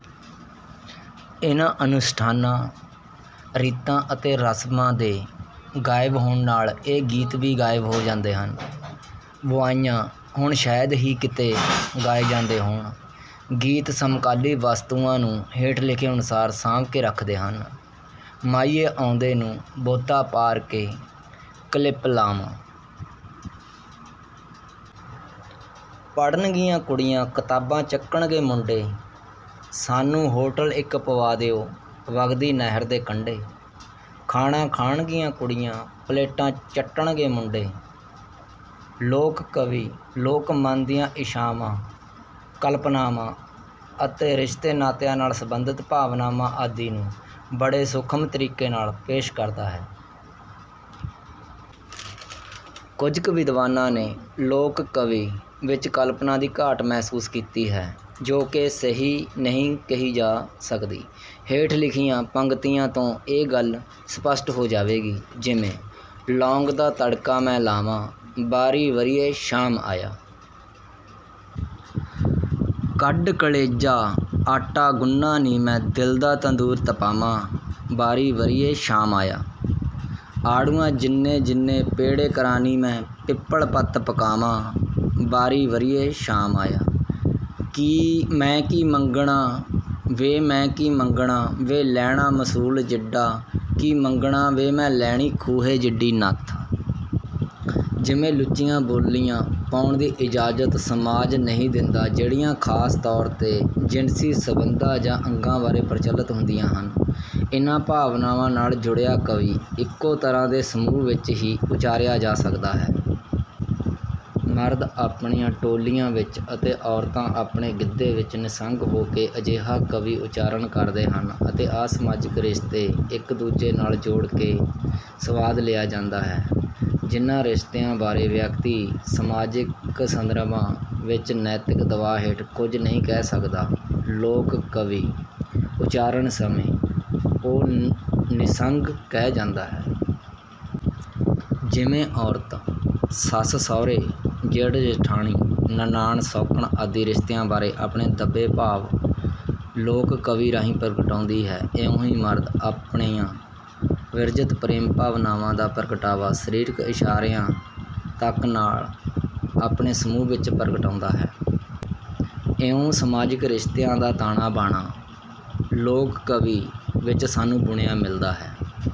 ਇਨ੍ਹਾਂ ਅਨੁਸ਼ਠਾਨਾਂ, ਰੀਤਾਂ ਅਤੇ ਰਸਮਾਂ ਦੇ ਗਾਇਬ ਹੋਣ ਨਾਲ਼ ਇਹ ਗੀਤ ਵੀ ਗਾਇਬ ਹੋ ਜਾਂਦੇ ਹਨ। ਬਿਆ੍ਹਈਆਂ ਹੁਣ ਸ਼ਾਇਦ ਹੀ ਕਿਤੇ ਗਾਏ ਜਾਂਦੇ ਹੋਣ। ਗੀਤ ਸਮਕਾਲੀ ਵਸਤੂਆਂ ਨੂੰ ਹੇਠ ਲਿਖੇ ਅਨੁਸਾਰ ਸਾਂਭ ਕੇ ਰੱਖਦੇ ਹਨ, ਮਾਹੀਏ ਆਉਂਦੇ ਨੂੰ ਬੋਦਾ ਪ੍ਹਾਰ ਕੇ ਕਲਿੱਪ ਲਾਵਾਂ। ਪੜ੍ਹਨਗੀਆਂ ਕੁੜੀਆਂ ਕਿਤਾਬਾਂ ਚੱਕਣਗੇ ਮੁੰਡੇ। ਸਾਨੂੰ ਹੋਟਲ ਇੱਕ ਪੁਆ ਦਿਉ ਵਗਦੀ ਨਹਿਰ ਦੇ ਕੰਢੇ। ਖਾਣਾ ਖਾਣਗੀਆਂ ਕੁੜੀਆਂ ਪਲੇਟਾਂ ਚੱਟਣਗੇ ਮੁੰਡੇ। ਲੋਕ ਕਾਵਿ, ਲੋਕ ਮਨ ਦੀਆਂ ਇੱਛਾਵਾਂ, ਕਲਪਨਾਵਾਂ ਅਤੇ ਰਿਸ਼ਤੇ ਨਾਤਿਆਂ ਨਾਲ਼ ਸੰਬੰਧਿਤ ਭਾਵਨਾਵਾਂ ਆਦਿ ਨੂੰ ਬੜੇ ਸੂਖਮ ਤਰੀਕੇ ਨਾਲ਼ ਪੇਸ਼ ਕਰਦਾ ਹੈ। ਕੁਝ ਕੁ ਵਿਦਵਾਨਾਂ ਨੇ ਲੋਕ ਕਾਵਿ ਵਿੱਚ ਕਲਪਨਾ ਦੀ ਘਾਟ ਮਹਿਸੂਸ ਕੀਤੀ ਹੈ ਜੋ ਕਿ ਸਹੀ ਨਹੀਂ ਕਹੀ ਜਾ ਸਕਦੀ। ਹੇਠ ਲਿਖੀਆਂ ਪੰਗਤੀਆਂ ਤੋਂ ਇਹ ਗੱਲ ਸਪੱਸ਼ਟ ਹੋ ਜਾਵੇਗੀ। ਜਿਵੇਂ, ਲੌਂਗਾਂ ਦਾ ਤੜਕਾ ਮੈਂ ਲਾਵਾਂ ਬਾਰੀਂ ਵਰੀਏਂ ਸ਼ਾਮ ਆਇਆ। ਕੱਢ ਕਲ਼ੇਜਾ ਆਟਾ ਗੁਨ੍ਹਾਂ ਨੀ ਮੈਂ ਦਿਲ ਦਾ ਤੰਦੂਰ ਤਪਾਵਾਂ ਬਾਰੀਂ ਵਰੀਏਂ ਸ਼ਾਮ ਆਇਆ। ਆੜੂਆਂ ਜਿੰਨੇ ਜਿੰਨੇ ਪੇੜੇ ਕਰਾਂ ਨੀ ਮੈਂ ਪਿਪਲ਼ ਪੱਤ ਪਕਾਵਾਂ ਬਾਰੀਂ ਵਰੀਏਂ ਸ਼ਾਮ ਆਇਆ। ਮੈਂ ਕੀ ਮੰਗਣਾ ਵੇ ਮੈਂ ਕੀ ਮੰਗਣਾ ਵੇ ਲੈਣਾ ਮੂਸਲ ਜਿੱਡਾ ਕੀ ਮੰਗਣਾ ਵੇ ਲੈਣੀ ਖੂਹੇ ਜਿੱਡੀ ਨੱਥ। ਜਿਵੇਂ ਲੁੱਚੀਆਂ ਬੋਲੀਆਂ ਪਾਉਣ ਦੀ ਇਜਾਜ਼ਤ ਸਮਾਜ ਨਹੀਂ ਦਿੰਦਾ ਜਿਹੜੀਆਂ ਖਾਸ ਤੌਰ ਤੇ ਜਿਨਸੀ ਸੰਬੰਧਾਂ ਜਾਂ ਅੰਗਾਂ ਬਾਰੇ ਪ੍ਰਚਲਿਤ ਹੁੰਦੀਆਂ ਹਨ। ਇਨ੍ਹਾਂ ਭਾਵਨਾਵਾਂ ਨਾਲ਼ ਜੁੜਿਆ ਕਾਵਿ ਇੱਕੋ ਤਰ੍ਹਾਂ ਦੇ ਸਮੂਹ ਵਿੱਚ ਹੀ ਉਚਾਰਿਆ ਜਾ ਸਕਦਾ ਹੈ। ਮਰਦ ਆਪਣੀਆਂ ਟੋਲੀਆਂ ਵਿੱਚ ਅਤੇ ਔਰਤਾਂ ਆਪਣੇ ਗਿੱਧੇ ਵਿੱਚ ਨਿਸੰਗ ਹੋ ਕੇ ਅਜਿਹਾ ਕਾਵਿ ਉਚਾਰਣ ਕਰਦੇ ਹਨ ਅਤੇ ਅਸਮਾਜਿਕ ਰਿਸ਼ਤੇ ਇੱਕ ਦੂਜੇ ਨਾਲ਼ ਜੋੜ ਕੇ ਸੁਆਦ ਲਿਆ ਜਾਂਦਾ ਹੈ। ਜਿਨ੍ਹਾਂ ਰਿਸ਼ਤਿਆਂ ਬਾਰੇ ਵਿਅਕਤੀ ਸਮਾਜਿਕ ਸੰਦਰਭਾਂ ਵਿੱਚ ਨੈਤਿਕ ਦਬਾਅ ਹੇਠ ਕੁਝ ਕਹਿ ਨਹੀਂ ਸਕਦਾ, ਲੋਕ ਕਾਵਿ ਉਚਾਰਣ ਸਮੇਂ ਉਹ ਨਿਸੰਗ ਕਹਿ ਜਾਂਦਾ ਹੈ। ਜਿਵੇਂ ਔਰਤ ਸੱਸ-ਸਹੁਰੇ, ਜੇਠ-ਜਿਠਾਣੀ, ਨਣਾਨ, ਸੌਕਣ ਆਦਿ ਰਿਸ਼ਤਿਆਂ ਬਾਰੇ ਆਪਣੇ ਦੱਬੇ ਭਾਵ ਲੋਕ ਕਾਵਿ ਰਾਹੀਂ ਪ੍ਰਗਟਾਉਂਦੀ ਹੈ। ਇਉਂ ਹੀ ਮਰਦ ਆਪਣੀਆਂ ਵਰਜਿਤ ਪ੍ਰੇਮ ਭਾਵਨਾਵਾਂ ਦਾ ਪ੍ਰਗਟਾਵਾ ਸਰੀਰਕ ਇਸ਼ਾਰਿਆਂ ਤਕ ਨਾਲ਼ ਆਪਣੇ ਸਮੂਹ ਵਿੱਚ ਪ੍ਰਗਟਾਉਂਦਾ ਹੈ। ਇਉਂ ਸਮਾਜਿਕ ਰਿਸ਼ਤਿਆਂ ਦਾ ਤਾਣਾ ਬਾਣਾ ਲੋਕ ਕਾਵਿ ਵਿੱਚ ਸਾਨੂੰ ਬੁਣਿਆਂ ਮਿਲ਼ਦਾ ਹੈ।